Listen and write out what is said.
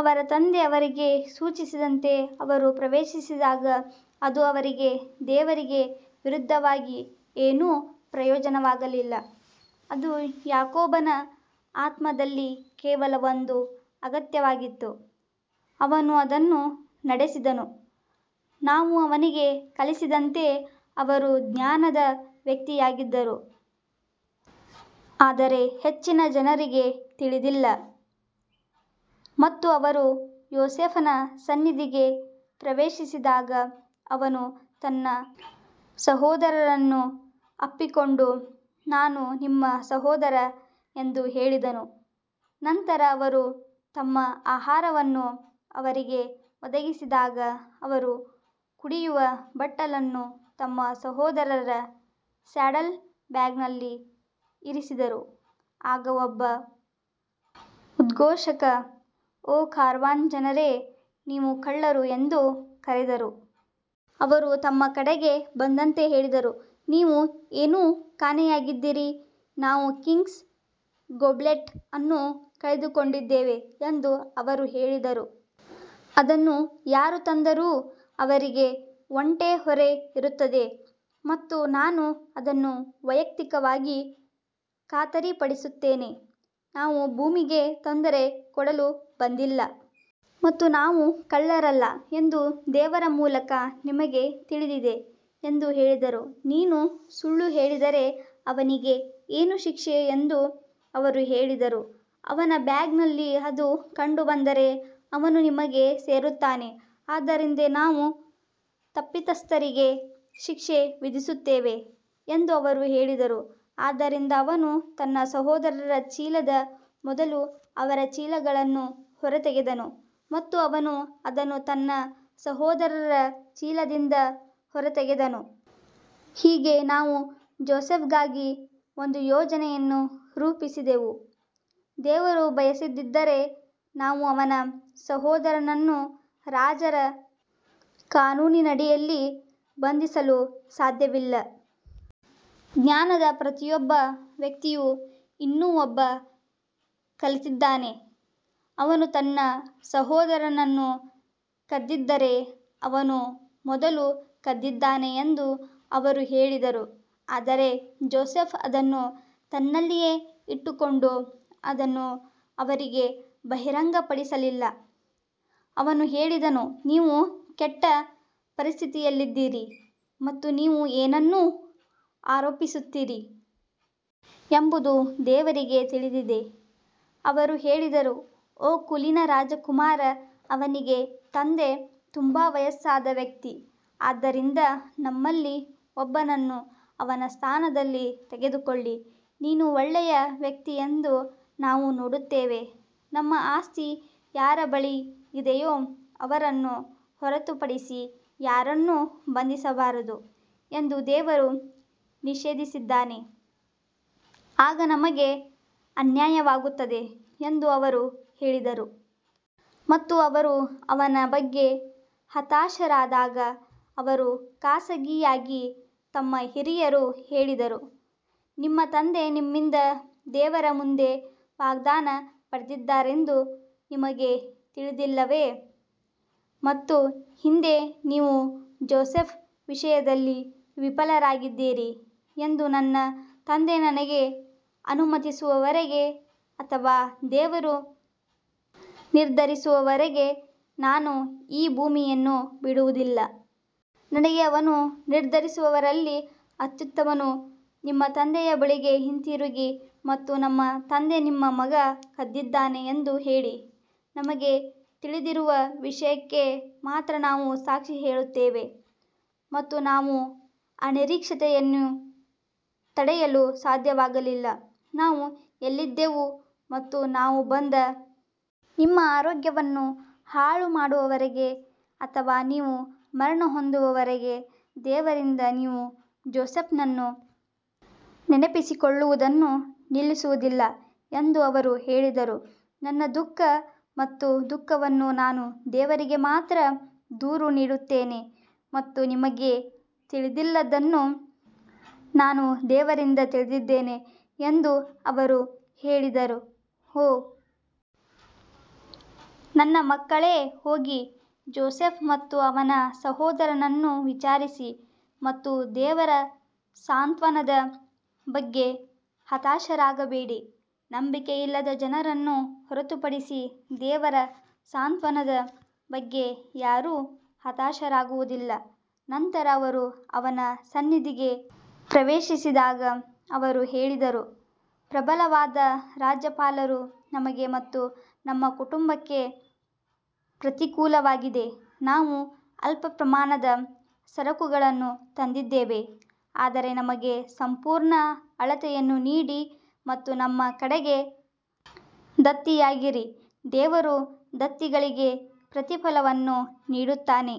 ಅವರ ತಂದೆ ಅವರಿಗೆ ಸೂಚಿಸಿದಂತೆ ಅವರು ಪ್ರವೇಶಿಸಿದಾಗ ಅದು ಅವರಿಗೆ ದೇವರಿಗೆ ವಿರುದ್ಧವಾಗಿ ಏನೂ ಪ್ರಯೋಜನವಾಗಲಿಲ್ಲ, ಅದು ಯಾಕೋಬನ ಆತ್ಮದಲ್ಲಿ ಕೇವಲ ಒಂದು ಅಗತ್ಯವಾಗಿತ್ತು, ಅವನು ಅದನ್ನು ನಡೆಸಿದನು ನಾವು ಅವನಿಗೆ ಕಲಿಸಿದಂತೆ ಅವರು ಜ್ಞಾನದ ವ್ಯಕ್ತಿಯಾಗಿದ್ದರು ಆದರೆ ಹೆಚ್ಚಿನ ಜನರಿಗೆ ತಿಳಿದಿಲ್ಲ. ಮತ್ತು ಅವರು ಯೋಸೇಫನ ಸನ್ನಿಧಿಗೆ ಪ್ರವೇಶಿಸಿದಾಗ ಅವನು ತನ್ನ ಸಹೋದರನನ್ನು ಅಪ್ಪಿಕೊಂಡು ನಾನು ನಿಮ್ಮ ಸಹೋದರ ಎಂದು ಹೇಳಿದನು ನಂತರ ಅವರು ತಮ್ಮ ಆಹಾರವನ್ನು ಅವರಿಗೆ ಒದಗಿಸಿದಾಗ ಅವರು ಕುಡಿಯುವ ಬಟ್ಟಲನ್ನು ತಮ್ಮ ಸಹೋದರರ ಸ್ಯಾಡಲ್ ಬ್ಯಾಗ್ನಲ್ಲಿ ಇರಿಸಿದರು ಆಗ ಒಬ್ಬ ಉದ್ಘೋಷಕ ಓ ಕಾರವಾನ್ ಜನರೇ ನೀವು ಕಳ್ಳರು ಎಂದು ಕರೆದರು. ಅವರು ತಮ್ಮ ಕಡೆಗೆ ಬಂದಂತೆ ಹೇಳಿದರು, ನೀವು ಏನು ಕಾಣೆಯಾಗಿದ್ದೀರಿ ನಾವು ಕಿಂಗ್ಸ್ ಗೋಬ್ಲೆಟ್ ಅನ್ನು ಕಳೆದುಕೊಂಡಿದ್ದೇವೆ ಎಂದು ಅವರು ಹೇಳಿದರು, ಅದನ್ನು ಯಾರು ತಂದರೂ ಅವರಿಗೆ ಒಂಟೆ ಹೊರೆ ಇರುತ್ತದೆ ಮತ್ತು ನಾನು ಅದನ್ನು ವೈಯಕ್ತಿಕವಾಗಿ ಖಾತರಿಪಡಿಸುತ್ತೇನೆ ನಾವು ಭೂಮಿಗೆ ತೊಂದರೆ ಕೊಡಲು ಬಂದಿಲ್ಲ ಮತ್ತು ನಾವು ಕಳ್ಳರಲ್ಲ ಎಂದು ದೇವರ ಮೂಲಕ ನಿಮಗೆ ತಿಳಿದಿದೆ ಎಂದು ಹೇಳಿದರು ನೀನು ಸುಳ್ಳು ಹೇಳಿದರೆ ಅವನಿಗೆ ಏನು ಶಿಕ್ಷೆ ಎಂದು ಅವರು ಹೇಳಿದರು ಅವನ ಬ್ಯಾಗ್ನಲ್ಲಿ ಅದು ಕಂಡುಬಂದರೆ ಅವನು ನಿಮಗೆ ಸೇರುತ್ತಾನೆ ಆದ್ದರಿಂದ ನಾವು ತಪ್ಪಿತಸ್ಥರಿಗೆ ಶಿಕ್ಷೆ ವಿಧಿಸುತ್ತೇವೆ ಎಂದು ಅವರು ಹೇಳಿದರು ಆದ್ದರಿಂದ ಅವನು ತನ್ನ ಸಹೋದರರ ಚೀಲದ ಮೊದಲು ಅವರ ಚೀಲಗಳನ್ನು ಹೊರತೆಗೆದನು ಮತ್ತು ಅವನು ಅದನ್ನು ತನ್ನ ಸಹೋದರರ ಚೀಲದಿಂದ ಹೊರತೆಗೆದನು, ಹೀಗೆ ನಾವು ಜೋಸೆಫ್ಗಾಗಿ ಒಂದು ಯೋಜನೆಯನ್ನು ರೂಪಿಸಿದೆವು, ದೇವರು ಬಯಸದಿದ್ದರೆ ನಾವು ಅವನ ಸಹೋದರನನ್ನು ರಾಜರ ಕಾನೂನಿನಡಿಯಲ್ಲಿ ಬಂಧಿಸಲು ಸಾಧ್ಯವಿಲ್ಲ. ಜ್ಞಾನದ ಪ್ರತಿಯೊಬ್ಬ ವ್ಯಕ್ತಿಯು ಇನ್ನೂ ಒಬ್ಬ ಕಲಿತಿದ್ದಾನೆ ಅವನು ತನ್ನ ಸಹೋದರನನ್ನು ಕದ್ದಿದ್ದರೆ ಅವನು ಮೊದಲು ಕದ್ದಿದ್ದಾನೆ ಎಂದು ಅವರು ಹೇಳಿದರು ಆದರೆ ಜೋಸೆಫ್ ಅದನ್ನು ತನ್ನಲ್ಲಿಯೇ ಇಟ್ಟುಕೊಂಡು ಅದನ್ನು ಅವರಿಗೆ ಬಹಿರಂಗಪಡಿಸಲಿಲ್ಲ ಅವನು ಹೇಳಿದನು ನೀವು ಕೆಟ್ಟ ಪರಿಸ್ಥಿತಿಯಲ್ಲಿದ್ದೀರಿ ಮತ್ತು ನೀವು ಏನನ್ನು ಆರೋಪಿಸುತ್ತೀರಿ ಎಂಬುದು ದೇವರಿಗೆ ತಿಳಿದಿದೆ ಅವರು ಹೇಳಿದರು ಓ ಕುಲೀನ ರಾಜಕುಮಾರ ಅವನಿಗೆ ತಂದೆ ತುಂಬಾ ವಯಸ್ಸಾದ ವ್ಯಕ್ತಿ, ಆದ್ದರಿಂದ ನಮ್ಮಲ್ಲಿ ಒಬ್ಬನನ್ನು ಅವನ ಸ್ಥಾನದಲ್ಲಿ ತೆಗೆದುಕೊಳ್ಳಿ ನೀನು ಒಳ್ಳೆಯ ವ್ಯಕ್ತಿ ಎಂದು ನಾವು ನೋಡುತ್ತೇವೆ ನಮ್ಮ ಆಸ್ತಿ ಯಾರ ಬಳಿ ಇದೆಯೋ ಅವರನ್ನು ಹೊರತುಪಡಿಸಿ ಯಾರನ್ನೂ ಬಂಧಿಸಬಾರದು ಎಂದು ದೇವರು ನಿಷೇಧಿಸಿದ್ದಾನೆ, ಆಗ ನಮಗೆ ಅನ್ಯಾಯವಾಗುತ್ತದೆ ಎಂದು ಅವರು ಹೇಳಿದರು. ಮತ್ತು ಅವರು ಅವನ ಬಗ್ಗೆ ಹತಾಶರಾದಾಗ ಅವರು ಖಾಸಗಿಯಾಗಿ ತಮ್ಮ ಹಿರಿಯರು ಹೇಳಿದರು, ನಿಮ್ಮ ತಂದೆ ನಿಮ್ಮಿಂದ ದೇವರ ಮುಂದೆ ವಾಗ್ದಾನ ಪಡೆದಿದ್ದಾರೆಂದು ನಿಮಗೆ ತಿಳಿದಿಲ್ಲವೇ ಮತ್ತು ಹಿಂದೆ ನೀವು ಜೋಸೆಫ್ ವಿಷಯದಲ್ಲಿ ವಿಫಲರಾಗಿದ್ದೀರಿ ಎಂದು ನನ್ನ ತಂದೆ ನನಗೆ ಅನುಮತಿಸುವವರೆಗೆ ಅಥವಾ ದೇವರು ನಿರ್ಧರಿಸುವವರೆಗೆ ನಾನು ಈ ಭೂಮಿಯನ್ನು ಬಿಡುವುದಿಲ್ಲ. ನನಗೆ ಅವನು ನಿರ್ಧರಿಸುವವರಲ್ಲಿ ಅತ್ಯುತ್ತಮನು ನಿಮ್ಮ ತಂದೆಯ ಬಳಿಗೆ ಹಿಂತಿರುಗಿ ಮತ್ತು ನಮ್ಮ ತಂದೆ ನಿಮ್ಮ ಮಗ ಕದ್ದಿದ್ದಾನೆ ಎಂದು ಹೇಳಿ, ನಮಗೆ ತಿಳಿದಿರುವ ವಿಷಯಕ್ಕೆ ಮಾತ್ರ ನಾವು ಸಾಕ್ಷಿ ಹೇಳುತ್ತೇವೆ ಮತ್ತು ನಾವು ಅನಿರೀಕ್ಷಿತತೆಯನ್ನು ತಡೆಯಲು ಸಾಧ್ಯವಾಗಲಿಲ್ಲ. ನಾವು ಎಲ್ಲಿದ್ದೆವು ಮತ್ತು ನಾವು ಬಂದ ನಿಮ್ಮ ಆರೋಗ್ಯವನ್ನು ಹಾಳುಮಾಡುವವರೆಗೆ ಅಥವಾ ನೀವು ಮರಣಹೊಂದುವವರೆಗೆ ದೇವರಿಂದ ನೀವು ಜೋಸೆಫ್ನನ್ನು ನೆನಪಿಸಿಕೊಳ್ಳುವುದನ್ನು ನಿಲ್ಲಿಸುವುದಿಲ್ಲ ಎಂದು ಅವರು ಹೇಳಿದರು ನನ್ನ ದುಃಖ ಮತ್ತು ದುಃಖವನ್ನು ನಾನು ದೇವರಿಗೆ ಮಾತ್ರ ದೂರು ನೀಡುತ್ತೇನೆ ಮತ್ತು ನಿಮಗೆ ತಿಳಿದಿಲ್ಲದ್ದನ್ನು ನಾನು ದೇವರಿಂದ ತಿಳಿದಿದ್ದೇನೆ ಎಂದು ಅವರು ಹೇಳಿದರು ಓ ನನ್ನ ಮಕ್ಕಳೇ ಹೋಗಿ ಜೋಸೆಫ್ ಮತ್ತು ಅವನ ಸಹೋದರನನ್ನು ವಿಚಾರಿಸಿ ಮತ್ತು ದೇವರ ಸಾಂತ್ವನದ ಬಗ್ಗೆ ಹತಾಶರಾಗಬೇಡಿ, ನಂಬಿಕೆಯಿಲ್ಲದ ಜನರನ್ನು ಹೊರತುಪಡಿಸಿ ದೇವರ ಸಾಂತ್ವನದ ಬಗ್ಗೆ ಯಾರೂ ಹತಾಶರಾಗುವುದಿಲ್ಲ ನಂತರ ಅವರು ಅವನ ಸನ್ನಿಧಿಗೆ ಪ್ರವೇಶಿಸಿದಾಗ ಅವರು ಹೇಳಿದರು ಪ್ರಬಲವಾದ ರಾಜ್ಯಪಾಲರು ನಮಗೆ ಮತ್ತು ನಮ್ಮ ಕುಟುಂಬಕ್ಕೆ ಪ್ರತಿಕೂಲವಾಗಿದೆ ನಾವು ಅಲ್ಪ ಪ್ರಮಾಣದ ಸರಕುಗಳನ್ನು ತಂದಿದ್ದೇವೆ ಆದರೆ ನಮಗೆ ಸಂಪೂರ್ಣ ಅಳತೆಯನ್ನು ನೀಡಿ ಮತ್ತು ನಮ್ಮ ಕಡೆಗೆ ದತ್ತಿಯಾಗಿರಿ ದೇವರು ದತ್ತಿಗಳಿಗೆ ಪ್ರತಿಫಲವನ್ನು ನೀಡುತ್ತಾನೆ.